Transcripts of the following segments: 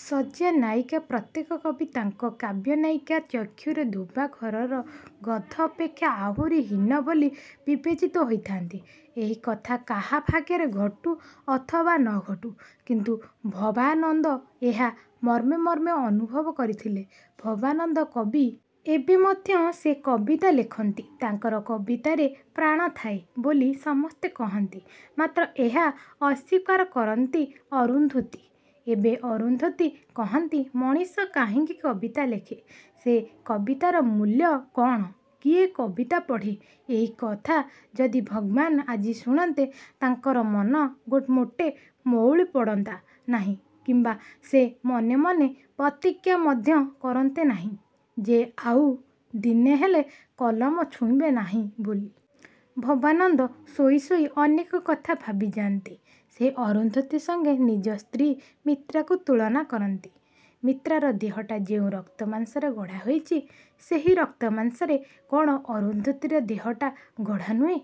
ଶଯ୍ୟା ନାୟିକା ପ୍ରତ୍ୟେକ କବି ତାଙ୍କ କାବ୍ୟନାୟିକା ଚକ୍ଷୁରେ ଧୋବା ଘରର ଗଧ ଅପେକ୍ଷା ଆହୁରି ହୀନ ବୋଲି ବିବେଚିତ ହୋଇଥାନ୍ତି। ଏହି କଥା କାହା ଭାଗ୍ୟରେ ଘଟୁ ଅଥବା ନ ଘଟୁ, କିନ୍ତୁ ଭବାନନ୍ଦ ଏହା ମର୍ମେ ମର୍ମେ ଅନୁଭବ କରିଥିଲେ। ଭବାନନ୍ଦ କବି। ଏବେ ମଧ୍ୟ ସେ କବିତା ଲେଖନ୍ତି। ତାଙ୍କର କବିତାରେ ପ୍ରାଣଥାଏ ବୋଲି ସମସ୍ତେ କହନ୍ତି, ମାତ୍ର ଏହା ଅସ୍ୱୀକାର କରନ୍ତି ଅରୁନ୍ଧୁତୀ। ଏବେ ଅରୁନ୍ଧୁତୀ କହନ୍ତି ମଣିଷ କାହିଁକି କବିତା ଲେଖେ? ସେ କବିତାର ମୂଲ୍ୟ କ'ଣ? କିଏ କବିତା ପଢ଼େ? ଏହି କଥା ଯଦି ଭଗବାନ ଆଜି ଶୁଣନ୍ତେ, ତାଙ୍କର ମନ ମୋଟେ ମଉଳି ପଡ଼ନ୍ତା ନାହିଁ କିମ୍ବା ସେ ମନେମନେ ପ୍ରତିଜ୍ଞା ମଧ୍ୟ କରନ୍ତେ ନାହିଁ ଯେ ଆଉ ଦିନେହେଲେ କଲମ ଛୁଇଁବେ ନାହିଁ ବୋଲି। ଭବାନନ୍ଦ ଶୋଇ ଶୋଇ ଅନେକ କଥା ଭାବିଯାଆନ୍ତି। ସେ ଅରୁନ୍ଧୁତୀ ସଙ୍ଗେ ନିଜ ସ୍ତ୍ରୀ ମିତ୍ରାକୁ ତୁଳନା କରନ୍ତି। ମିତ୍ରାର ଦେହଟା ଯେଉଁ ରକ୍ତମାଂସରେ ଗଢ଼ାହୋଇଛି, ସେହି ରକ୍ତମାଂସରେ କ'ଣ ଅରୁନ୍ଧୁତୀର ଦେହଟା ଗଢ଼ା ନୁହେଁ?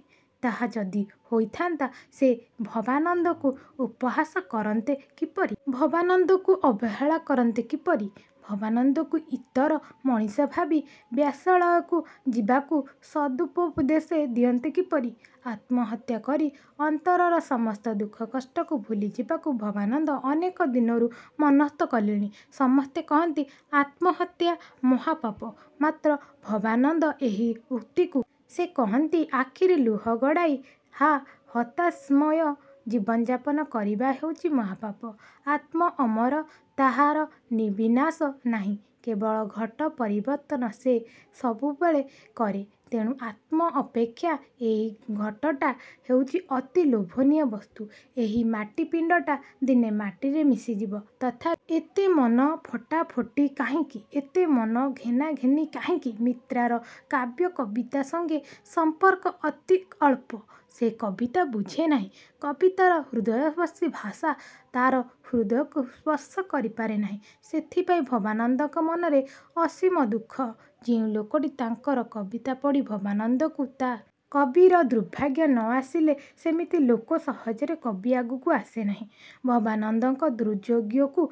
ତାହା ଯଦି ହୋଇଥାନ୍ତା ସେ ଭବାନନ୍ଦଙ୍କୁ ଉପହାସ କରନ୍ତେ କିପରି? ଭବାନନ୍ଦଙ୍କୁ ଅବହେଳା କରନ୍ତେ କିପରି? ଭବାନନ୍ଦଙ୍କୁ ଇତର ମଣିଷ ଭାବି ବେଶ୍ୟାଳୟକୁ ଯିବାକୁ ସଦୁପଦେଶ ଦିଅନ୍ତେ କିପରି? ଆତ୍ମହତ୍ୟା କରି ଅନ୍ତରର ସମସ୍ତ ଦୁଃଖ କଷ୍ଟ ଭୁଲିଯିବାକୁ ଭବାନନ୍ଦ ଅନେକଦିନରୁ ମନସ୍ଥ କଲେଣି। ସମସ୍ତେ କହନ୍ତି ଆତ୍ମହତ୍ୟା ମହାପାପ। ମାତ୍ର ଭବାନନ୍ଦ ଏହି ଉକ୍ତିକୁ ମୋଟେ ସମର୍ଥନ କରନ୍ତି ନାହିଁ। ସେ କହନ୍ତି, ଆଖିରୁ ଲୁହ ଗଡ଼ାଇ ହା ହତାଶମୟ ଜୀବନଯାପନ କରିବା ହେଉଛି ମହାପାପ। ଆତ୍ମା ଅମର। ତାହାର ବିନାଶ ନାହିଁ। କେବଳ ଘଟ ପରିବର୍ତ୍ତନ ସେ ସବୁବେଳେ କରେ। ତେଣୁ ଆତ୍ମା ଅପେକ୍ଷା ଏହି ଘଟଟା ହେଉଛି ଅତି ଲୋଭନୀୟ ବସ୍ତୁ। ଏହି ମାଟି ପିଣ୍ଡଟା ଦିନେ ମାଟିରେ ମିଶିଯିବ, ତଥାପି ଏହି ପିଣ୍ଡଟା ପାଇଁ ଏତେ ବାଦ ବିସମ୍ବାଦ କାହିଁକି? ଏତେ ମନ ଫଟାଫଟି କାହିଁକି? ଏତେ ମନ ଘେନାଘେନି କାହିଁକି? ମିତ୍ରାର କାବ୍ୟ କବିତା ସଙ୍ଗେ ସମ୍ପର୍କ ଅତି ଅଳ୍ପ। ସେ କବିତା ବୁଝେ ନାହିଁ। କବିତାର ହୃଦୟସ୍ପର୍ଶୀ ଭାଷା ତା'ର ହୃଦୟକୁ ସ୍ପର୍ଶ କରିପାରେ ନାହିଁ। ସେଥିପାଇଁ ଭବାନନ୍ଦଙ୍କ ମନରେ ଅସୀମ ଦୁଃଖ। ଯେଉଁ ଲୋକଟି ତାଙ୍କର କବିତା ପଢ଼ି ଭବାନନ୍ଦଙ୍କୁ ତାରିଫ୍ କରିବ ଏବଂ ଉତ୍ସାହିତ କରିବ, ସେହି ଲୋକଟିକୁ ସେ ମନେମନେ ଖୋଜୁଥିଲେ। କବିର ଦୁର୍ଭାଗ୍ୟ ନ ଆସିଲେ ସେମିତି ଲୋକ ସହଜରେ କବି ଆଗକୁ ଆସେ ନାହିଁ। ଭବାନନ୍ଦଙ୍କ ଦୁର୍ଯ୍ୟୋଗକୁ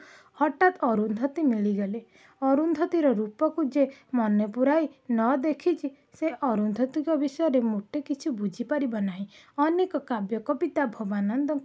ହଠାତ୍ ଅରୁନ୍ଧୁତୀ ମିଳିଗଲେ। ଅରୁନ୍ଧୁତୀର ରୂପକୁ ଯେ ମନପୂରାଇ ନ ଦେଖିଛି ସେ ଅରୁନ୍ଧୁତୀ ବିଷୟରେ ମୋଟେ କିଛି ବୁଝିପାରିବ ନାହିଁ। ଅନେକ କାବ୍ୟ କବିତା ଭବାନନ୍ଦ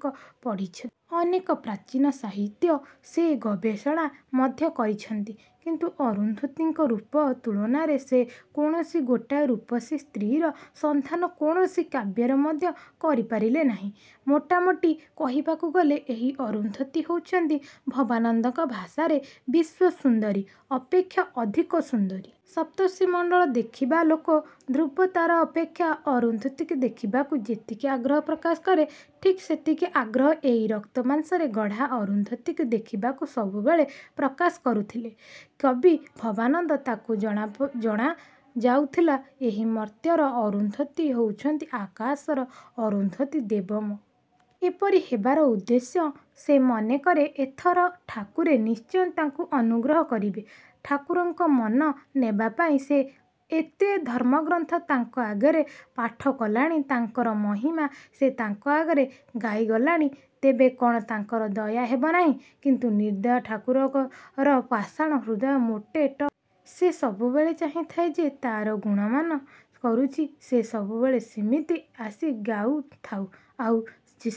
ପଢ଼ିଛନ୍ତି। ଅନେକ ପ୍ରାଚୀନ ସାହିତ୍ୟ ସେ ଗବେଷଣା ମଧ୍ୟ କରିଛନ୍ତି; କିନ୍ତୁ ଅରୁନ୍ଧୁତୀଙ୍କ ରୂପ ତୁଳନାରେ ସେ କୌଣସି ଗୋଟାଏ ରୂପସୀ ସ୍ତ୍ରୀର ସନ୍ଧାନ କୌଣସି କାବ୍ୟରେ ମଧ୍ୟ କରିପାରିଲେ ନାହିଁ। ମୋଟାମୋଟି କହିବାକୁ ଗଲେ ଏହି ଅରୁନ୍ଧୁତୀ ହେଉଛନ୍ତି ଭବାନନ୍ଦଙ୍କ ଭାଷାରେ ବିଶ୍ୱସୁନ୍ଦରୀ ଅପେକ୍ଷା ଅଧିକ ସୁନ୍ଦରୀ। ସପ୍ତର୍ଷିମଣ୍ଡଳ ଦେଖିବା ଲୋକ ଧ୍ରୁବତାରା ଅପେକ୍ଷା ଅରୁନ୍ଧୁତୀକୁ ଦେଖିବାକୁ ଯେତିକି ଆଗ୍ରହ ପ୍ରକାଶ କରେ, ଠିକ୍ ସେତିକି ଆଗ୍ରହ ଏହି ରକ୍ତମାଂସରେ ଗଢ଼ା ଅରୁନ୍ଧୁତୀକୁ ଦେଖିବାକୁ ସବୁବେଳେ ପ୍ରକାଶ କରୁଥିଲେ କବି ଭବାନନ୍ଦ। ତାଙ୍କୁ ଜଣାଯାଉଥିଲା ଏହି ମର୍ତ୍ତ୍ୟର ଅରୁନ୍ଧୁତୀ ହେଉଛନ୍ତି ଆକାଶର ଅରୁନ୍ଧୁତୀ। ଦେବ ମନ୍ଦିରରେ ଗୀତା, ଭାଗବତ ପାଠକରି ମଣିଷ କୃତ୍ୟକୃତ୍ୟ ହୋଇଯାଏ। ଏପରି ହେବାର ଉଦ୍ଦେଶ୍ୟ ସେ ମନେକରେ ଏଥର ଠାକୁରେ ନିଶ୍ଚୟ ତାକୁ ଅନୁଗ୍ରହ କରିବେ। ଠାକୁରଙ୍କ ମନ ନେବାପାଇଁ ସେ ଏତେ ଧର୍ମଗ୍ରନ୍ଥ ତାଙ୍କ ଆଗରେ ପାଠକଲାଣି, ତାଙ୍କର ମହିମା ସେ ତାଙ୍କ ଆଗରେ ଗାଇଗଲାଣି, ତେବେ କ'ଣ ତାଙ୍କର ଦୟା ହେବନାହିଁ? କିନ୍ତୁ ନିର୍ଦ୍ଦୟ ଠାକୁରର ପାଷାଣ ହୃଦୟ ମୋଟେ ଟଳେ ନାହିଁ। ସେ ସବୁବେଳେ ଚାହିଁଥାଏ, ଯେ ତା'ର ଗୁଣଗାନ କରୁଛି ସେ ସବୁବେଳେ ସିମିତି ଆସି ଗାଉଥାଉ, ଆଉ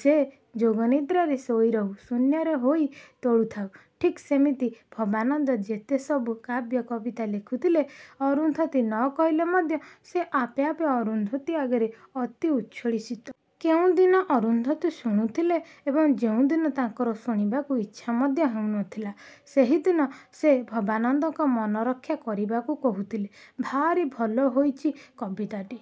ସେ ଯୋଗନିଦ୍ରାରେ ଶୋଇରହି ଶୂନ୍ୟରେ ହାଇ ତୋଳୁଥାଉ। ଠିକ୍ ସେମିତି ଭବାନନ୍ଦ ଯେତେସବୁ କାବ୍ୟ କବିତା ଲେଖୁଥିଲେ, ଅରୁନ୍ଧୁତୀ ନ କହିଲେ ମଧ୍ୟ ସେ ଆପେ ଆପେ ଅରୁନ୍ଧୁତୀ ଆଗରେ ଅତି ଉଚ୍ଛ୍ୱସିତ ହୃଦୟରେ ଆବୃତ୍ତି କରିଯାଉଥିଲେ। କେଉଁଦିନ ଅରୁନ୍ଧୁତୀ ଶୁଣୁଥିଲେ ଏବଂ ଯେଉଁଦିନ ତାଙ୍କର ଶୁଣିବାକୁ ଇଚ୍ଛା ମଧ୍ୟ ହେଉନଥିଲା ସେହିଦିନ ସେ ଭବାନନ୍ଦଙ୍କ ମନରକ୍ଷା କରିବାକୁ କହୁଥିଲେ, ''ଭାରି ଭଲ ହୋଇଛି କବିତାଟି।